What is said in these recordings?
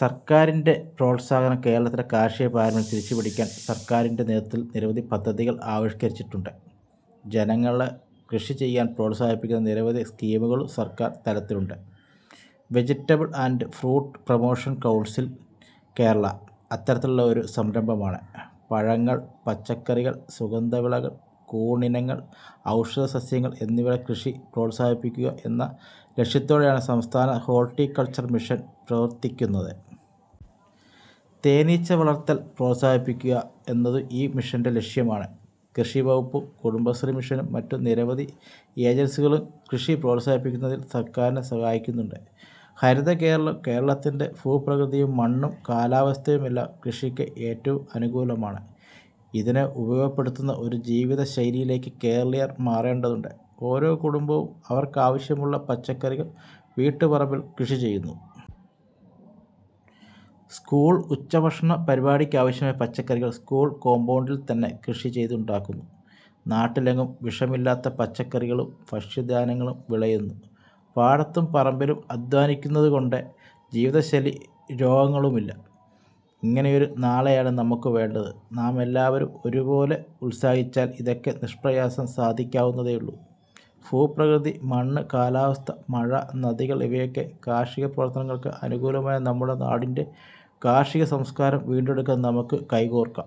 സർക്കാരിന്റെ പ്രോത്സാഹനം കേരളത്തിന്റെ കാർഷിക പാരമ്പര്യം തിരിച്ചു പിടിക്കാൻ സർക്കാരിന്റെ നേതൃത്വത്തിൽ നിരവധി പദ്ധതികൾ ആവിഷ്കരിച്ചിട്ടുണ്ട്. ജനങ്ങളെ കൃഷി ചെയ്യാൻ പ്രോത്സാഹിപ്പിക്കുന്ന നിരവധി സ്കീമുകളും സർക്കാർ തലത്തിലുണ്ട്. Vegetable and fruit promotion council Kerala, അത്തരത്തിലുള്ള ഒരു സംരംഭമാണ്. പഴങ്ങൾ, പച്ചക്കറികൾ, സുഗന്ധ വിളകൾ, കൂൺ ഇനങ്ങൾ, ഔഷധ സസ്യങ്ങൾ എന്നിവയുടെ കൃഷി പ്രോത്സാഹിപ്പിക്കുക എന്ന ലക്ഷ്യത്തോടെയാണ് സംസ്ഥാന ഹോൾട്ടി കൾച്ചർ മിഷൻ പ്രവർത്തിക്കുന്നത്. തേനീച്ച വളർത്തൽ പ്രോത്സാഹിപ്പിക്കുക എന്നതും ഈ മിഷന്റെ ലക്ഷ്യമാണ്. കൃഷിവകുപ്പും കുടുംബശ്രീ മിഷനും മറ്റു നിരവധി ഏജൻസികളും കൃഷി പ്രോത്സാഹിപ്പിക്കുന്നതിൽ സർക്കാരിനെ സഹായിക്കുന്നുണ്ട്. ഹരിതകേരളം കേരളത്തിന്റെ ഭൂപ്രകൃതിയും മണ്ണും കാലാവസ്ഥയുമെല്ലാം കൃഷിക്ക് ഏറ്റവും അനുകൂലമാണ്. ഇതിനെ ഉപയോഗപ്പെടുത്തുന്ന ഒരു ജീവിത ശൈലിയിലേക്ക് കേരളീയർ മാറേണ്ടതുണ്ട്. ഓരോ കുടുംബവും അവർക്കാവശ്യമുള്ള പച്ചക്കറികൾ വീട്ടുപറമ്പിൽ കൃഷി ചെയ്യുന്നു. സ്കൂൾ ഉച്ചഭക്ഷണ പരിപാടിക്കാവശ്യമായ പച്ചക്കറികൾ സ്കൂൾ കോമ്പൗണ്ടിൽത്തന്നെ കൃഷി ചെയ്തുണ്ടാക്കുന്നു. നാട്ടിലെങ്ങും വിഷമില്ലാത്ത പച്ചക്കറികളും ഭക്ഷ്യധാന്യങ്ങളും വിളയുന്നു. പാടത്തും പറമ്പിലും അദ്ധ്വാനിക്കുന്നതുകൊണ്ട് ജീവിതശൈലീ രോഗങ്ങളുമില്ല. ഇങ്ങനെയൊരു നാളെയാണ് നമുക്കു വേണ്ടത്. നാമെല്ലാവരും ഒരു പോലെ ഉത്സാഹിച്ചാൽ ഇതൊക്കെ നിഷ്പ്രയാസം സാധിക്കാവുന്നതേയുള്ളൂ. ഭൂപ്രകൃതി, മണ്ണ്, കാലാവസ്ഥ, മഴ, നദികൾ ഇവയൊക്കെ കാർഷികപ്രവർത്തനങ്ങൾക്ക് അനുകൂലമായ നമ്മുടെ നാടിന്റെ കാർഷിക സംസ്കാരം വീണ്ടെടുക്കാൻ നമുക്ക് കൈകോർക്കാം.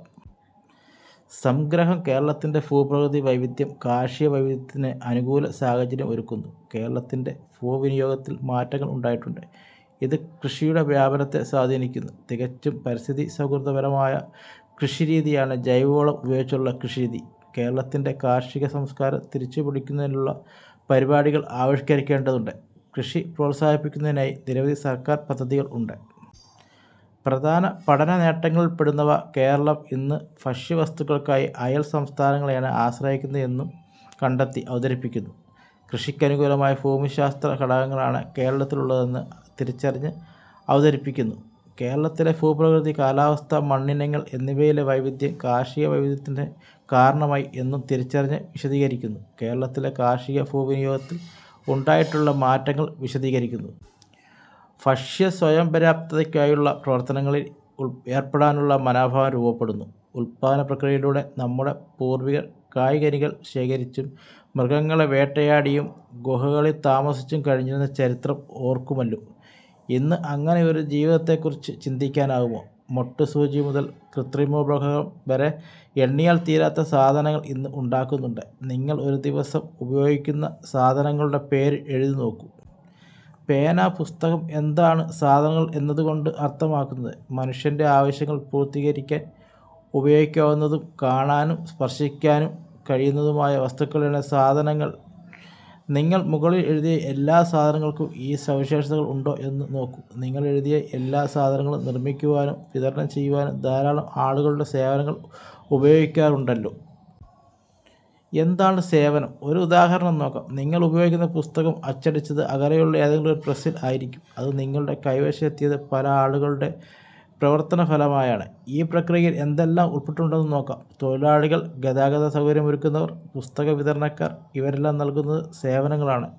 സംഗ്രഹം കേരളത്തിന്റെ ഭൂപ്രകൃതി വൈവിധ്യം കാർഷികവൈവിധ്യത്തിന് അനുകൂല സാഹചര്യം ഒരുക്കുന്നു. കേരളത്തിന്റെ ഭൂവിനിയോഗത്തിൽ മാറ്റങ്ങൾ ഉണ്ടായിട്ടുണ്ട്. ഇത് കൃഷിയുടെ വ്യാപനത്തെ സ്വാധീനിക്കുന്നു. തികച്ചും പരിസ്ഥിതി സൗഹൃദപരമായ കൃഷിരീതിയാണ് ജൈവവളം ഉപയോഗിച്ചുള്ള കൃഷിരീതി. കേരളത്തിന്റെ കാർഷിക സംസ്കാരം തിരിച്ചുപിടിക്കുന്നതിനായുള്ള പരിപാടികൾ ആവിഷ്കരിക്കേണ്ടതുണ്ട്. കൃഷി പ്രോത്സാഹിപ്പിക്കുന്നതിനായി നിരവധി സർക്കാർ പദ്ധതികൾ ഉണ്ട്. പ്രധാന പഠനനേട്ടങ്ങളിൽപ്പെടുന്നവ കേരളം ഇന്ന് ഭക്ഷ്യവസ്തുക്കൾക്കായി അയൽ സംസ്ഥാനങ്ങളെയാണ് ആശ്രയിക്കുന്നത് എന്നു കണ്ടെത്തി അവതരിപ്പിക്കുന്നു. കൃഷിക്കനുകൂലമായ ഭൂമിശാസ്ത്ര ഘടകങ്ങളാണ് കേരളത്തിലുള്ളതെന്ന് തിരിച്ചറിഞ്ഞ് അവതരിപ്പിക്കുന്നു. കേരളത്തിലെ ഭൂപ്രകൃതി, കാലാവസ്ഥ, മണ്ണിനങ്ങൾ എന്നിവയിലെ വൈവിധ്യം കാർഷിക വൈവിധ്യത്തിന് കാരണമായി എന്നു തിരിച്ചറിഞ്ഞ് വിശദീകരിക്കുന്നു. കേരളത്തിലെ കാർഷിക ഭൂവിനിയോഗത്തിൽ ഉണ്ടായിട്ടുള്ള മാറ്റങ്ങൾ വിശദീകരിക്കുന്നു. ഭക്ഷ്യസ്വയംപര്യാപ്തതയ്ക്കായുള്ള പ്രവർത്തനങ്ങളിൽ ഏർപ്പെടാനുള്ള മനോഭാവം രൂപപ്പെടുന്നു. ഉല്പാദനപ്രക്രിയയിലൂടെ നമ്മുടെ പൂർവികർ കായ്കനികൾ ശേഖരിച്ചും മൃഗങ്ങളെ വേട്ടയാടിയും ഗുഹകളിൽ താമസിച്ചും കഴിഞ്ഞിരുന്ന ചരിത്രം ഓർക്കുമല്ലോ. ഇന്ന് അങ്ങനെ ഒരു ജീവിതത്തെക്കുറിച്ച് ചിന്തിക്കാനാകുമോ? മൊട്ട് സൂചി മുതൽ കൃത്രിമോപഗ്രഹം വരെ എണ്ണിയാൽ തീരാത്തത സാധനങ്ങൾ ഇന്ന് ഉണ്ടാക്കുന്നുണ്ട്. നിങ്ങൾ ഒരു ദിവസം ഉപയോഗിക്കുന്ന സാധനങ്ങളുടെ പേര് എഴുതിനോക്കൂ. പേന, പുസ്തകം. എന്താണ് സാധനങ്ങൾ എന്നതുകൊണ്ട് അർത്ഥമാക്കുന്നത്? മനുഷ്യന്റെ ആവശ്യങ്ങൾ പൂർത്തീകരിക്കാൻ ഉപയോഗിക്കാവുന്നതും കാണാനും സ്പർശിക്കാനും കഴിയുന്നതുമായ വസ്തുക്കളാണ് സാധനങ്ങൾ. നിങ്ങൾ മുകളിൽ എഴുതിയ എല്ലാ സാധനങ്ങൾക്കും ഈ സവിശേഷതകൾ ഉണ്ടോ എന്ന് നോക്കൂ. നിങ്ങൾ എഴുതിയ എല്ലാ സാധനങ്ങളും നിർമിക്കുവാനും വിതരണം ചെയ്യുവാനും ധാരാളം ആളുകളുടെ സേവനങ്ങൾ ഉപയോഗിക്കാറുണ്ടല്ലോ. എന്താണ് സേവനം? ഒരു ഉദാഹരണം നോക്കാം. നിങ്ങൾ ഉപയോഗിക്കുന്ന പുസ്തകം അച്ചടിച്ചത് അകലെയുള്ള ഏതെങ്കിലും ഒരു പ്രസിൽ ആയിരിക്കും. അത് നിങ്ങളുടെ കൈവശം എത്തിയത് പല ആളുകളുടെയും പ്രവർത്തനഫലമായാണ്. ഈ പ്രക്രിയയിൽ എന്തെല്ലാം ഉൾപ്പെട്ടിട്ടുണ്ടെന്ന് നോക്കാം. തൊഴിലാളികൾ ഗതാഗതസൗകര്യമൊരുക്കുന്നവർ പുസ്തക വിതരണക്കാർ. ഇവരെല്ലാം നൽകുന്നത് സേവനങ്ങൾ ആണ്.